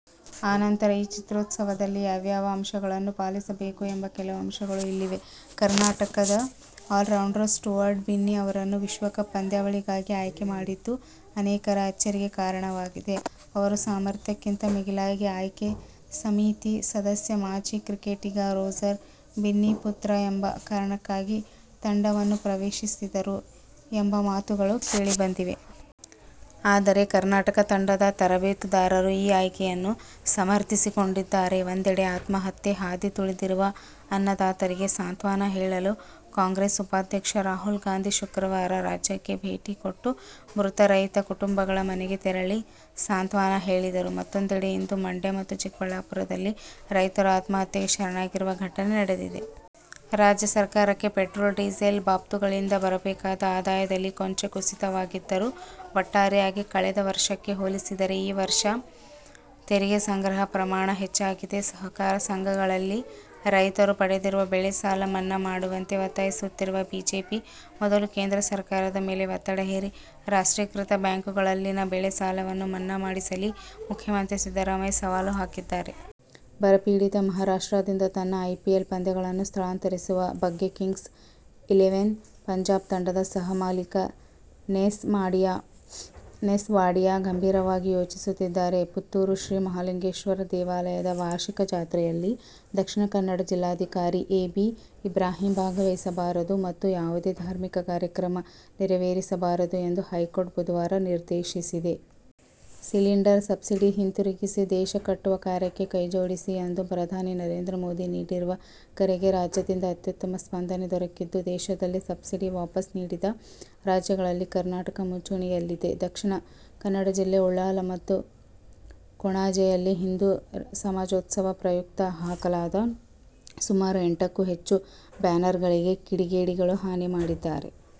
ಆ ನಂತರ ಈ ಚಿತ್ರೋತ್ಸವದಲ್ಲಿ ಯಾವ್ಯಾವ ಅಂಶಗಳನ್ನು ಪಾಲಿಸಬೇಕು ಎಂಬ ಕೆಲವು ಅಂಶಗಳು ಇಲ್ಲಿವೆ. ಕರ್ನಾಟಕದ ಆಲ್ರೌಂಡರ್ ಸ್ಟುವರ್ಟ್ ಬಿನ್ನಿ ಅವರನ್ನು ವಿಶ್ವಕಪ್ ಪಂದ್ಯಾವಳಿಗಾಗಿ ಆಯ್ಕೆ ಮಾಡಿದ್ದು ಅನೇಕರ ಅಚ್ಚರಿಗೆ ಕಾರಣವಾಗಿದೆ. ಅವರು ಸಾಮರ್ಥ್ಯಕ್ಕಿಂತ ಮಿಗಿಲಾಗಿ ಆಯ್ಕೆ ಸಮಿತಿ ಸದಸ್ಯ, ಮಾಜಿ ಕ್ರಿಕೆಟಿಗ ರೋಜರ್ ಬಿನ್ನಿ ಪುತ್ರ ಎಂಬ ಕಾರಣಕ್ಕಾಗಿ ತಂಡವನ್ನು ಪ್ರವೇಶಿಸಿದರು ಎಂಬ ಮಾತುಗಳೂ ಕೇಳಿಬಂದಿವೆ. ಆದರೆ ಕರ್ನಾಟಕ ತಂಡದ ತರಬೇತುದಾರರು ಈ ಆಯ್ಕೆಯನ್ನು ಸಮರ್ಥಿಸಿಕೊಂಡಿದ್ದಾರೆ. ಒಂದೆಡೆ ಆತ್ಮಹತ್ಯೆ ಹಾದಿ ತುಳಿದಿರುವ ಅನ್ನದಾತರಿಗೆ ಸಾಂತ್ವನ ಹೇಳಲು ಕಾಂಗ್ರೆಸ್ ಉಪಾಧ್ಯಕ್ಷ ರಾಹುಲ್ ಗಾಂಧಿ ಶುಕ್ರವಾರ ರಾಜ್ಯಕ್ಕೆ ಭೇಟಿ ಕೊಟ್ಟು ಮೃತ ರೈತ ಕುಟುಂಬಗಳ ಮನೆಗೆ ತೆರಳಿ ಸಾಂತ್ವನ ಹೇಳಿದರು. ಮತ್ತೊಂದೆಡೆ ಇಂದು ಮಂಡ್ಯ ಮತ್ತು ಚಿಕ್ಕಬಳ್ಳಾಪುರದಲ್ಲಿ ರೈತರು ಆತ್ಮಹತ್ಯೆಗೆ ಶರಣಾಗಿರುವ ಘಟನೆ ನಡೆದಿದೆ. ರಾಜ್ಯ ಸರ್ಕಾರಕ್ಕೆ ಪೆಟ್ರೋಲ್, ಡೀಸೆಲ್ ಬಾಬ್ತುಗಳಿಂದ ಬರಬೇಕಾದ ಆದಾಯದಲ್ಲಿ ಕೊಂಚ ಕುಸಿತವಾಗಿದ್ದರೂ ಒಟ್ಟಾರೆಯಾಗಿ ಕಳೆದ ವರ್ಷಕ್ಕೆ ಹೋಲಿಸಿದರೆ ಈ ವರ್ಷದ ತೆರಿಗೆ ಸಂಗ್ರಹ ಪ್ರಮಾಣ ಹೆಚ್ಚಾಗಿದೆ. ಸಹಕಾರ ಸಂಘಗಳಲ್ಲಿ ರೈತರು ಪಡೆದಿರುವ ಬೆಳೆ ಸಾಲ ಮನ್ನಾ ಮಾಡುವಂತೆ ಒತ್ತಾಯಿಸುತ್ತಿರುವ ಬಿಜೆಪಿ ಮೊದಲು ಕೇಂದ್ರ ಸರ್ಕಾರದ ಮೇಲೆ ಒತ್ತಡ ಹೇರಿ ರಾಷ್ಟ್ರೀಕೃತ ಬ್ಯಾಂಕ್ಗಳಲ್ಲಿನ ಬೆಳೆ ಸಾಲವನ್ನು ಮನ್ನಾ ಮಾಡಿಸಲಿ ಮುಖ್ಯಮಂತ್ರಿ ಸಿದ್ದರಾಮಯ್ಯ ಸವಾಲು ಹಾಕಿದ್ದಾರೆ. ಬರಪೀಡಿತ ಮಹಾರಾಷ್ಟ್ರದಿಂದ ತನ್ನ ಐಪಿಎಲ್ ಪಂದ್ಯಗಳನ್ನು ಸ್ಥಳಾಂತರಿಸುವ ಬಗ್ಗೆ ಕಿಂಗ್ಸ್ ಇಲೆವೆನ್ ಪಂಜಾಬ್ ತಂಡದ ಸಹ ಮಾಲಕ ನೆಸ್ ವಾಡಿಯಾ ಗಂಭೀರವಾಗಿ ಯೋಚಿಸುತ್ತಿದ್ದಾರೆ. ಪುತ್ತೂರು ಶ್ರೀ ಮಹಾಲಿಂಗೇಶ್ವರ ದೇವಾಲಯದ ವಾರ್ಷಿಕ ಜಾತ್ರೆಯಲ್ಲಿ ದಕ್ಷಿಣ ಕನ್ನಡ ಜಿಲ್ಲಾಧಿಕಾರಿ ಎ. ಬಿ. ಇಬ್ರಾಹಿಂ ಭಾಗವಹಿಸಬಾರದು ಮತ್ತು ಯಾವುದೇ ಧಾರ್ಮಿಕ ಕಾರ್ಯಕ್ರಮ ನೆರವೇರಿಸಬಾರದು ಎಂದು ಹೈಕೋರ್ಟ್ ಬುಧವಾರ ನಿರ್ದೇಶಿಸಿದೆ. "ಸಿಲಿಂಡರ್ ಸಬ್ಸಿಡಿ ಹಿಂತಿರುಗಿಸಿ, ದೇಶ ಕಟ್ಟುವ ಕಾರ್ಯಕ್ಕೆ ಕೈಜೋಡಿಸಿ' ಎಂದು ಪ್ರಧಾನಿ ನರೇಂದ್ರ ಮೋದಿ ನೀಡಿರುವ ಕರೆಗೆ ರಾಜ್ಯದಿಂದ ಅತ್ಯುತ್ತಮ ಸ್ಪಂದನೆ ದೊರಕಿದ್ದು, ದೇಶದಲ್ಲೇ ಸಬ್ಸಿಡಿ ವಾಪಸ್ ನೀಡಿದ ರಾಜ್ಯಗಳಲ್ಲಿ ಕರ್ನಾಟಕ ಮುಂಚೂಣಿಯಲ್ಲಿದೆ. ದಕ್ಷಿಣ ಕನ್ನಡ ಜಿಲ್ಲೆ ಉಳ್ಳಾಲ ಮತ್ತು ಕೊಣಾಜೆಯಲ್ಲಿ ಹಿಂದೂ ಸಮಾಜೋತ್ಸವ ಪ್ರಯುಕ್ತ ಹಾಕಲಾದ ಸುಮಾರು ಎಂಟಕ್ಕೂ ಹೆಚ್ಚು ಬ್ಯಾನರ್ಗಳಿಗೆ ಕಿಡಿಗೇಡಿಗಳು ಹಾನಿ ಮಾಡಿದ್ದಾರೆ.